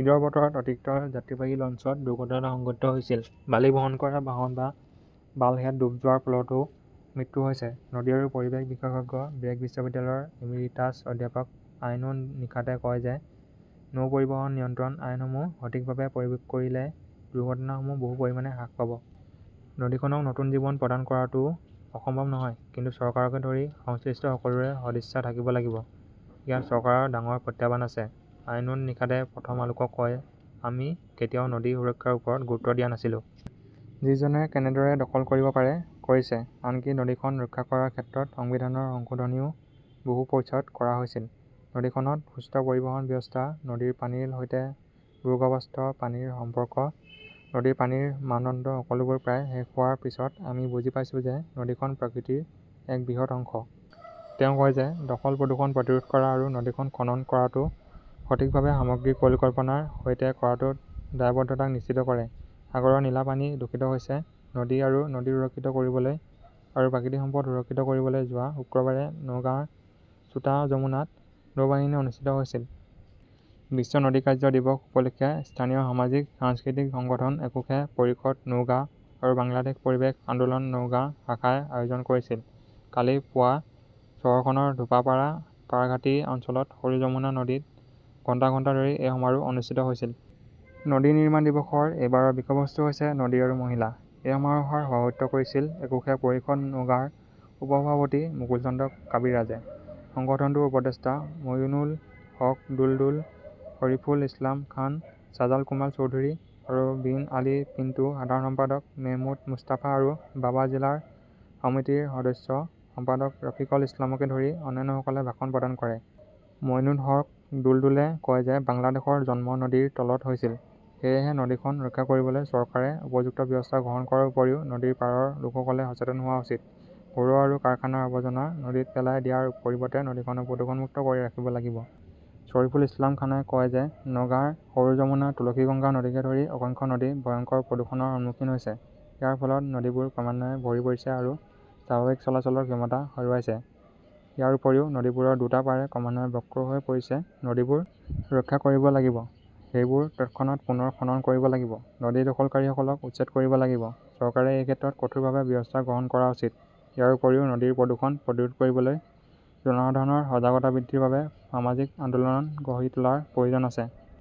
ঈদৰ বতৰত অতিৰিক্ত যাত্ৰীবাহী লঞ্চত দুৰ্ঘটনা সংঘটিত হৈছিল। বালি বহন কৰা বাহন বা বাল্কহেড ডুব যোৱাৰ ফলতও মৃত্যু হৈছে। নদী আৰু পৰিৱেশ বিশেষজ্ঞ ব্ৰেক বিশ্ববিদ্যালয়ৰ এমিৰিটাছ অধ্যাপক আইনুন নিশাতে কয় যে নৌ পৰিবহণ নিয়ন্ত্ৰণ আইনসমূহ সঠিকভাৱে প্ৰয়োগ কৰিলে দুৰ্ঘটনাসমূহ বহু পৰিমাণে হ্ৰাস পাব। নদীখনক নতুন জীৱন প্ৰদান কৰাটোও অসম্ভৱ নহয়। কিন্তু চৰকাৰকে ধৰি সংশ্লিষ্ট সকলোৰে সদিচ্ছা থাকিব লাগিব। ইয়াত চৰকাৰৰ ডাঙৰ প্ৰত্যাহ্বান আছে। আইনুন নিশাতে প্ৰথম আলোকক কয়, আমি কেতিয়াও নদী সুৰক্ষাৰ ওপৰত গুৰুত্ব দিয়া নাছিলো। যিজনে কেনেদৰে দখল কৰিব পাৰে, কৰিছে। আনকি নদীখন ৰক্ষা কৰাৰ ক্ষেত্ৰত সংবিধানৰ সংশোধনীও বহু পিছত কৰা হৈছিল। নদীখনত সুস্থ পৰিবহণ ব্যৱস্থা, নদীৰ পানীৰ সৈতে ভূগৰ্ভস্থ পানীৰ সম্পৰ্ক, নদীৰ পানীৰ মানদণ্ড সকলোবোৰ প্ৰায় শেষ হোৱাৰ পিছত আমি বুজি পাইছো যে নদীখন প্ৰকৃতিৰ এক বৃহৎ অংশ। তেওঁ কয় যে, দখল-প্ৰদূষণ প্ৰতিৰোধ কৰা আৰু নদীখন খনন কৰাটো সঠিকভাৱে সামগ্ৰিক পৰিকল্পনাৰ সৈতে কৰাটো দায়বদ্ধতাক নিশ্চিত কৰে। সাগৰৰ নীলা পানী দূষিত হৈছে নদী আৰু নদী সুৰক্ষিত কৰিবলৈ আৰু প্ৰাকৃতিক সম্পদ সুৰক্ষিত কৰিবলৈ যোৱা শুক্ৰবাৰে নওগাঁৰ ছোটা যমুনাত নৌবাহিনী অনুষ্ঠিত হৈছিল। বিশ্ব নদী কাৰ্য্য দিৱস উপলক্ষে স্থানীয় সামাজিক-সাংস্কৃতিক সংগঠন একুশে পৰিষদ নওগাঁ আৰু বাংলাদেশ পৰিৱেশ আন্দোলন নাওগাঁ শাখাই আয়োজন কৰিছিল। কালি পুৱা চহৰখনৰ ধোপাপাৰা পাৰঘাটি অঞ্চলত সৰু যমুনা নদীত ঘণ্টা ঘণ্টা ধৰি এই সমাৰোহ অনুষ্ঠিত হৈছিল। নদী নিৰ্মাণ দিৱসৰ এইবাৰৰ বিষয়বস্তু হৈছে 'নদী আৰু মহিলা "। এই সমাৰোহৰ সভাপতিত্ব কৰিছিল একুশে পৰিষদ নওগাঁৰ উপ-সভাপতি মুকুল চন্দ্ৰ কাবিৰাজে। সংগঠনটোৰ উপদেষ্টা ময়োনুল হক দুলদুল, শ্বৰিফুল ইছলাম খান, ছাজাল কুমাৰ চৌধুৰী আৰু বিন আলী পিণ্টু, সাধাৰণ সম্পাদক মেহমুদ মুস্তাফা আৰু বাবা জিলা সমিতিৰ সদস্য সম্পাদক ৰাফিকল ইছলামকে ধৰি অন্যান্যসকলে ভাষণ প্ৰদান কৰে। মইনুল হক দুলদুলে কয় যে, বাংলাদেশৰ জন্ম নদীৰ তলত হৈছিল। সেয়েহে নদীখন ৰক্ষা কৰিবলৈ চৰকাৰে উপযুক্ত ব্যৱস্থা গ্ৰহণ কৰাৰ উপৰিও নদীৰ পাৰৰ লোকসকলে সচেতন হোৱা উচিত। ঘৰুৱা আৰু কাৰখানাৰ আৱৰ্জনা নদীত পেলাই দিয়াৰ পৰিৱৰ্তে নদীখনক প্ৰদূষণমুক্ত কৰি ৰাখিব লাগিব। শ্বৰিফুল ইছলাম খানে কয় যে, নওগাঁৰ সৰু যমুনা, তুলসীগংগা নদীকে ধৰি অসংখ্য নদী ভয়ংকৰ প্ৰদূষণৰ সন্মুখীন হৈছে। ইয়াৰ ফলত নদীবোৰ ক্ৰমান্বয়ে ভৰি পৰিছে আৰু স্বাভাৱিক চলাচলৰ ক্ষমতা হেৰুৱাইছে। ইয়াৰ উপৰিও নদীবোৰৰ দুটা পাৰে ক্ৰমান্বয়ে বক্ৰ হৈ পৰিছে। নদীবোৰ ৰক্ষা কৰিব লাগিব। সেইবোৰ তৎক্ষণাত পুনৰ খনন কৰিব লাগিব। নদী দখলকাৰীসকলক উচ্ছেদ কৰিব লাগিব। চৰকাৰে এই ক্ষেত্ৰত কঠোৰ ব্যৱস্থা গ্ৰহণ কৰা উচিত। ইয়াৰ উপৰিও নদীৰ প্ৰদূষণ প্ৰতিৰোধ কৰিবলৈ জনসাধাৰণৰ সজাগতা বৃদ্ধিৰ বাবে সামাজিক আন্দোলন গঢ়ি তোলাৰ প্ৰয়োজন আছে।